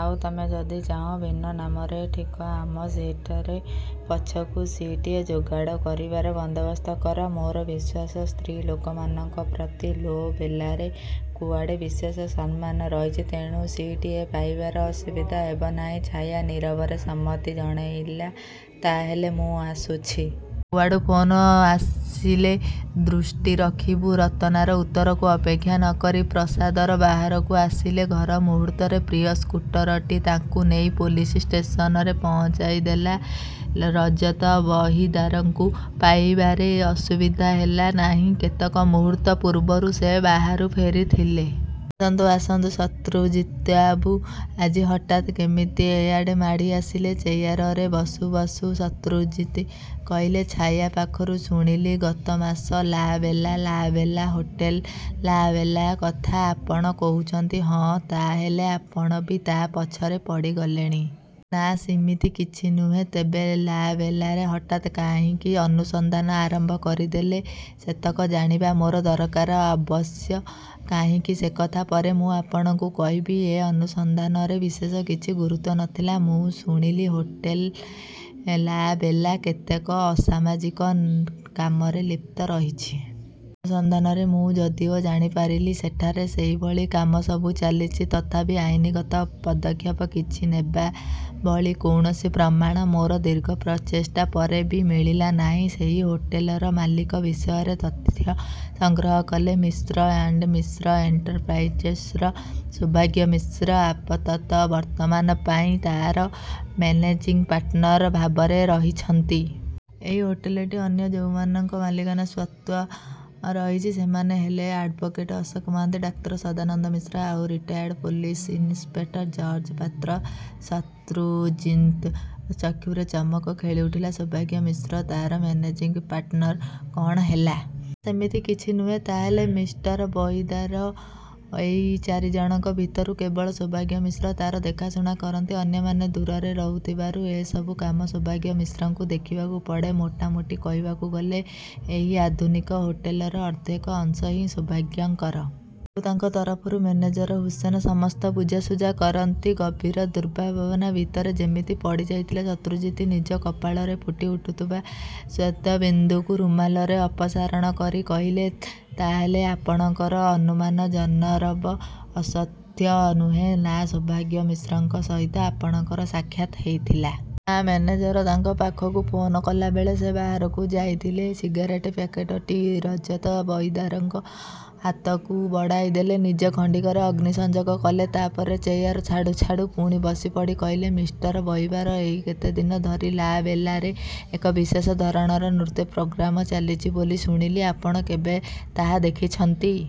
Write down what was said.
ଆଉ ତମେ ଯଦି ଚାହଁ, ଭିନ୍ନ ନାମରେ ଠିକ ଆମ ସିଟର ପଛକୁ ସିଟ୍ଟିଏ ଯୋଗାଡ଼ କରିବାର ବନ୍ଦୋବସ୍ତ କର। ମୋର ବିଶ୍ୱାସ, ସ୍ତ୍ରୀ ଲୋକମାନଙ୍କ ପ୍ରତି 'ଲୋ-ବେଲା'ରେ କୁଆଡ଼େ ବିଶେଷ ସମ୍ମାନ ରହିଛି। ତେଣୁ ସିଟ୍ଟିଏ ପାଇବାରେ ଅସୁବିଧା ହେବ ନାହିଁ। ଛାୟା ନୀରବରେ ସମ୍ମତି ଜଣେଇଲା ତା ହେଲେ ମୁଁ ଆସୁଛି। କୁଆଡ଼ୁ ଫୋନ୍ ଆସିଲେ ଦୃଷ୍ଟି ରଖିବୁ। ରତନାର ଉତ୍ତରକୁ ଅପେକ୍ଷା ନ କରି ପ୍ରାସାଦର ବାହାରକୁ। ଆସିଲେ। ପର ମୁହୂର୍ତ୍ତରେ ପ୍ରିୟ ସ୍କୁଟରଟି ତାଙ୍କୁ ନେଇ ପୋଲିସ ଷ୍ଟେସନରେ ପହଞ୍ଚାଇଦେଲା। ରଜତ ବହିଦାରଙ୍କୁ ପାଇବାରେ ଅସୁବିଧା ହେଲା ନାହିଁ। କେତେକ ମୁହୂର୍ତ୍ତ ପୂର୍ବରୁ ସେ ବାହାରୁ ଫେରିଥିଲେ। ଆସନ୍ତୁ, ଆସନ୍ତୁ ଶତ୍ରୁଜିତ୍ବାବୁ, ଆଜି ହଠାତ୍ କେମିତି ଏଆଡ଼େ ମାଡ଼ିଆସିଲେ? ଚେୟାରରେ ବସୁ ବସୁ ଶତ୍ରୁଜିତ୍ କହିଲେ, ଛାୟା ପାଖରୁ ଶୁଣିଲି ଗତ ମାସ 'ଲା-ବେଲା' 'ଲା-ବେଲା' ହୋଟେଲ 'ଲା-ବେଲା' କଥା ଆପଣ କହୁଛନ୍ତି? ହଁ। ତା' ହେଲେ ଆପଣ ବି ତା ପଛରେ ପଡ଼ିଗଲେଣି? ନା, ସିମିତି କିଛି ନୁହେଁ। ତେବେ 'ଲା-ବେଲା'ରେ ହଠାତ୍ କାହିଁକି ଅନୁସନ୍ଧାନ ଆରମ୍ଭ କରିଦେଲେ ସେତକ ଜାଣିବା ମୋର ଦରକାର ଅବଶ୍ୟ। କାହିଁକି? ସେକଥା ପରେ ମୁଁ ଆପଣଙ୍କୁ କହିବି। ଏ ଅନୁସନ୍ଧାନରେ ବିଶେଷ କିଛି ଗୁରୁତ୍ୱ ନ ଥିଲା। ମୁଁ ଶୁଣିଲି, ହୋଟେଲ 'ଲା-ବେଲା' କେତେକ ଅସାମାଜିକ କାମରେ ଲିପ୍ତ ରହିଛି। ଅନୁସନ୍ଧାନରେ ମୁଁ ଯଦିଓ ଜାଣିପାରିଲି ସେଠାରେ ସେଇଭଳି କାମସବୁ ଚାଲିଛି, ତଥାପି ଆଇନଗତ ପଦକ୍ଷେପ କିଛି ନେବାଭଳି କୌଣସି ପ୍ରମାଣ ମୋର ଦୀର୍ଘ ପ୍ରଚେଷ୍ଟା ପରେ ବି ମିଳିଲା ନାହିଁ। ସେହି ହୋଟେଲର ମାଲିକ ବିଷୟରେ ତଥ୍ୟ ସଂଗ୍ରହ କଲେ । ମିଶ୍ର ଏଣ୍ତ ମିଶ୍ର ଏଣ୍ଟରପ୍ରାଇଜର୍ସର ସୌଭାଗ୍ୟ ମିଶ୍ର ଆପାତତଃ ବର୍ତ୍ତମାନ ପାଇଁ ତା'ର ମେନେଜିଂ ପାର୍ଟନର ଭାବରେ ରହିଛନ୍ତି। ଏହି ହୋଟେଲଟିରେ ଅନ୍ୟ ଯୋଉମାନଙ୍କର ମାଲିକାନା ସ୍ୱତ୍ୱ ରହିଛି ସେମାନେ ହେଲେ ଆଡ୍ଭୋକେଟ ଅଶୋକ ମହାନ୍ତି, ଡାକ୍ତର ସଦାନନ୍ଦ ମିଶ୍ର ଆଉ retired police inspector George Patra. ଶତ୍ରୁଜିତ୍ଙ୍କ ଚକ୍ଷୁରେ ଚମକ ଖେଳିଉଠିଲା ,ସୌଭାଗ୍ୟ ମିଶ୍ର ତା'ର ମେନେଜିଂ ପାର୍ଟନର! କ'ଣ ହେଲା? ନା, ସେମିତି କିଛି ନୁହେଁ। ତା' ହେଲେ ମିଷ୍ଟର ବହିଦାର, ଏଇ ଚାରିଜଣଙ୍କ ଭିତରୁ କେବଳ ସୌଭାଗ୍ୟ ମିଶ୍ର ତା'ର ଦେଖାଶୁଣା କରନ୍ତି। ଅନ୍ୟମାନେ ଦୂରରେ ରହୁଥିବାରୁ ଏ ସବୁ କାମ ସୌଭାଗ୍ୟ ମିଶ୍ରଙ୍କୁ ଦେଖିବାକୁ ପଡ଼େ। ମୋଟାମୋଟି କହିବାକୁ ଗଲେ ଏହି ଆଧୁନିକ ହୋଟେଲର ଅର୍ଦ୍ଧେକ ଅଂଶ ହିଁ ସୌଭାଗ୍ୟଙ୍କର। ଆଉ ତାଙ୍କ ତରଫରୁ ମେନେଜର ହୁସେନ ସମସ୍ତ ବୁଝାସୁଝା କରନ୍ତି। ଗଭୀର ଦୁର୍ଭାବନା ଭିତରେ ଯେମିତି ପଡ଼ିଯାଇଥିଲେ ଶତ୍ରୁଜିତ୍। ନିଜ କପାଳରେ ଫୁଟିଉଠୁଥିବା ସ୍ୱେଦବିନ୍ଦୁକୁ ରୁମାଲରେ ଅପସାରଣ କରି କହିଲେ ,ତା'ହେଲେ ଆପଣଙ୍କର ଅନୁମାନ ଜନରବ ଅସତ୍ୟ ନୁହେଁ? ନା ସୌଭାଗ୍ୟ ମିଶ୍ରଙ୍କ ସହିତ ଆପଣଙ୍କର ସାକ୍ଷାତ୍ ହେଇଥିଲା? ନା, ମେନେଜର ତାଙ୍କ ପାଖକୁ ଫୋନ୍ କଲାବେଳେ ସେ ବାହାରକୁ ଯାଇଥିଲେ। ସିଗାରେଟ ପ୍ୟାକେଟଟି ରଜତ ବହିଦାରଙ୍କ ହାତକୁ ବଢ଼ାଇଦେଇ ନିଜେ ଖଣ୍ତିକରେ ଅଗ୍ନି ସଂଯୋଗ କଲେ। ତା' ପରେ ଚେୟାର ଛାଡ଼ୁ ଛାଡ଼ୁ ପୁଣି ବସିପଡ଼ି କହିଲେ ମିଷ୍ଟର ବହିଦାର, ଏଇ କେତେଦିନ ଧରି 'ଲା-ବେଲା'ରେ ଏକ ବିଶେଷ ଧରଣର ନୃତ୍ୟ ପ୍ରୋଗ୍ରାମ ଚାଲିଛି ବୋଲି ଶୁଣିଲି। ଆପଣ କେବେ ତାହା ଦେଖିଛନ୍ତି?